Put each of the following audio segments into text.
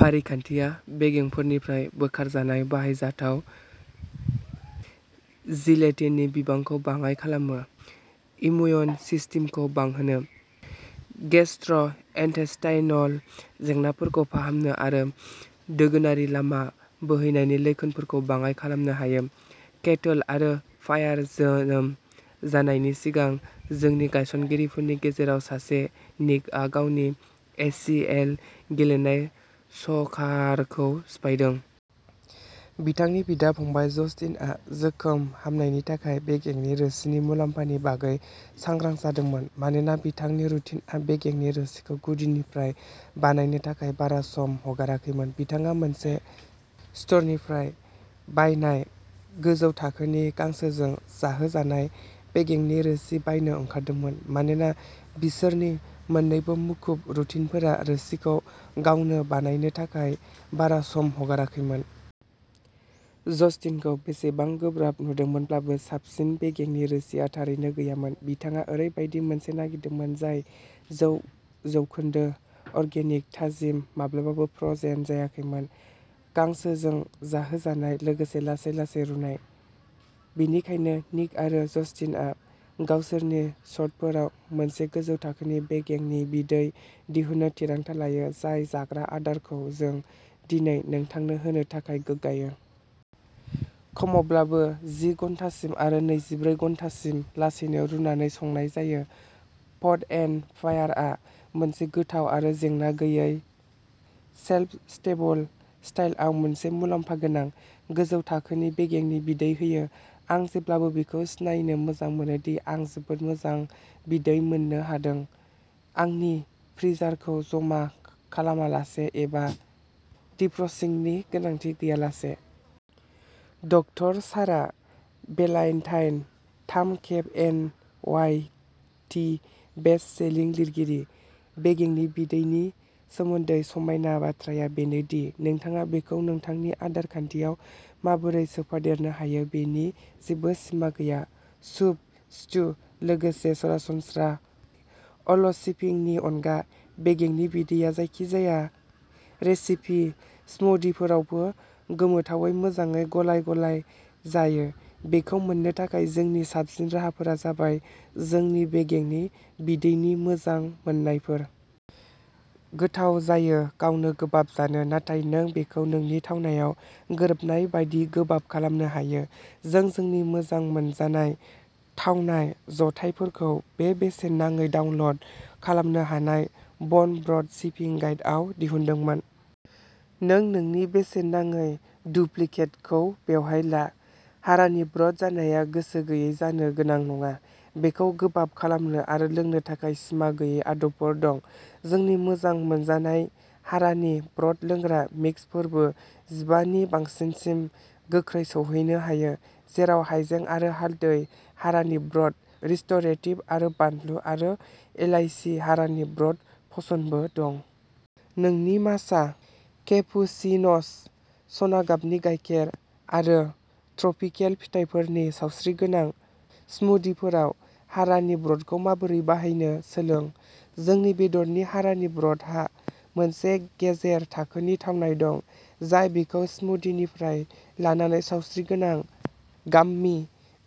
फारिखान्थिया बेगेंफोरनिफ्राय बोखारजानाय बाहायजाथाव जिलेटिननि बिबांखौ बाङाइ खालामो, इम्युन सिस्टेमखौ बांहोनो, गेस्ट्र'इन्टेस्टाइनल जेंनाफोरखौ फाहामनो आरो दोगोनारि लामा बोहैनायनि लैखोनफोरखौ बाङाइ खालामनो हायो। केटोल आरो फायार जोनोम जानायनि सिगां, जोंनि गायसनगिरिफोरनि गेजेराव सासे, निकआ गावनि ए सि एल गेलेनाय स'कारखौ सिफायदोंमोन। बिथांनि बिदा-फंबाय जस्टिनआ जोखोम हामनायनि थाखाय बेगेंनि रोसिनि मुलाम्फानि बागै सांग्रां जादोंमोन। मानोना बिथांनि रुटिनआ बेगेंनि रोसिखौ गुदिनिफ्राय बानायनो थाखाय बारा सम हगाराखैमोन, बिथाङा मोनसे स्ट'रनिफ्राय बायनाय, गोजौ थाखोनि, गांसोजों जाहोजानाय बेगेंनि रोसि बायनो ओंखारदोंमोन, मानोना बिसोरनि मोन्नैबो मुखुब रुटिनफोरा रोसिखौ गावनो बानायनो थाखाय बारा सम हगाराखैमोन।। जस्टिनखौ बेसेबां गोब्राब नुदोंमोनब्लाबो, साबसिन बेगेंनि रोसिआ थारैनो गैयामोन। बिथाङा ओरैबायदि मोनसे नागिरदोंमोन जाय जौ जौखोन्दो अर्गेनिक, थाजिम माब्लाबाबो फ्र'जेन जायाखैमोन गांसोजों जाहोजानाय, लोगोसे लासै-लासै रुनाय। बेनिखायनो, निक आरो जस्टिनआ गावसोरनि सर्तफोराव मोनसे गोजौ थाखोनि बेगेंनि बिदै दिहुननो थिरांथा लायो, जाय जाग्रा आदारखौ जों दिनै नोंथांनो होनो थाखाय गोग्गायो। खमावब्लाबो जि घन्टासिम आरो नैजिब्रै घन्टासिम लासैनो रुनानै संनाय जायो। पट एन्ड फायारआ मोनसे गोथाव आरो जेंना गैयै शेल्फ स्टेबल स्टाइलआव मोनसे मुलाम्फा गोनां, गोजौ थाखोनि बेगेंनि बिदै होयो। आं जेब्लाबो बेखौ सिनायनो मोजां मोनो दि आं जोबोद मोजां बिदै मोननो हादों, आंनि फ्रिजारखौ जमा खालामालासे एबा डिफ्रस्टिंनि गोनांथि गैयालासे। डकटर सारा बेलान्टाइन, थाम खेब N Y T best selling लिरगिरि। बेगेंनि बिदैनि सोमोन्दै समायना बाथ्राया बेनो दि नोंथाङा बेखौ नोंथांनि आदार खान्थियाव माबोरै सोफादेरनो हायो बेनि जेबो सिमा गैया। सुप, स्टु, लोगोसे सरासनस्रा अल'सिपिंनि अनगा, बेगेंनि बिदैया जायखिजाया रेसिपि स्मूदिफोरावबो गोमोथावै मोजाङै गलाय-गलाय जायो बेखौ मोन्नो थाखाय जोंनि साबसिन राहाफोरा जाबाय जोंनि बेगेंनि बिदैनि मोजां मोननायफोर। गोथाव जायो गावनो गोबाब जानो, नाथाय नों बेखौ नोंनि थावनायाव गोरोबनाय बादि गोबाब खालामनो हायो। जों जोंनि मोजां मोनजानाय थावनाय जथायफोरखौ बे बेसेन नाङै डाउनल'ड खालामनो हानाय बन ब्र'थ सिपिं गाइड आव दिहुनदोंमोन। नों नोंनि बेसेन नाङै डुप्लिकेटखौ बेवहाय ला। हारानि ब्र'थ जानाया गोसो गैयै जानो गोनां नङा बेखौ गोबाब खालामनो आरो लोंनो थाखाय सिमा गैयै आदबफोर दं। जोंनि मोजां मोनजानाय हारानि ब्र'थ लोंग्रा मिक्सफोरनि जिबा नि बांसिनसिम गोख्रै सौहैनो हायो, जेराव हायजें आरो हालदै हारानि ब्र'थ रिस्ट'रेटिभ आरो बानलु, आरो इलायसि हारानि ब्र'थ पशनबो दं। नोंनि माचा केपुसिन'स, सना गाबनि गायखेर, आरो ट्रपिकेल फिथाइफोरनि सावस्रिगोनां स्मूदिफोराव हारानि ब्र'थखौ माबोरै बाहायनो सोलों। जोंनि बेदरनि हारानि ब्र'थहा मोनसे गेजेर थाखोनि थावनाय दं, जाय बेखौ स्मूदिनिफ्राय लानानै सावस्रिगोनां गाममि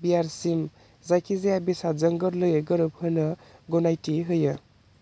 बियारसिम जायखिजाया बेसादजों गोरलैयै गोरोबहोनो गनायथि होयो।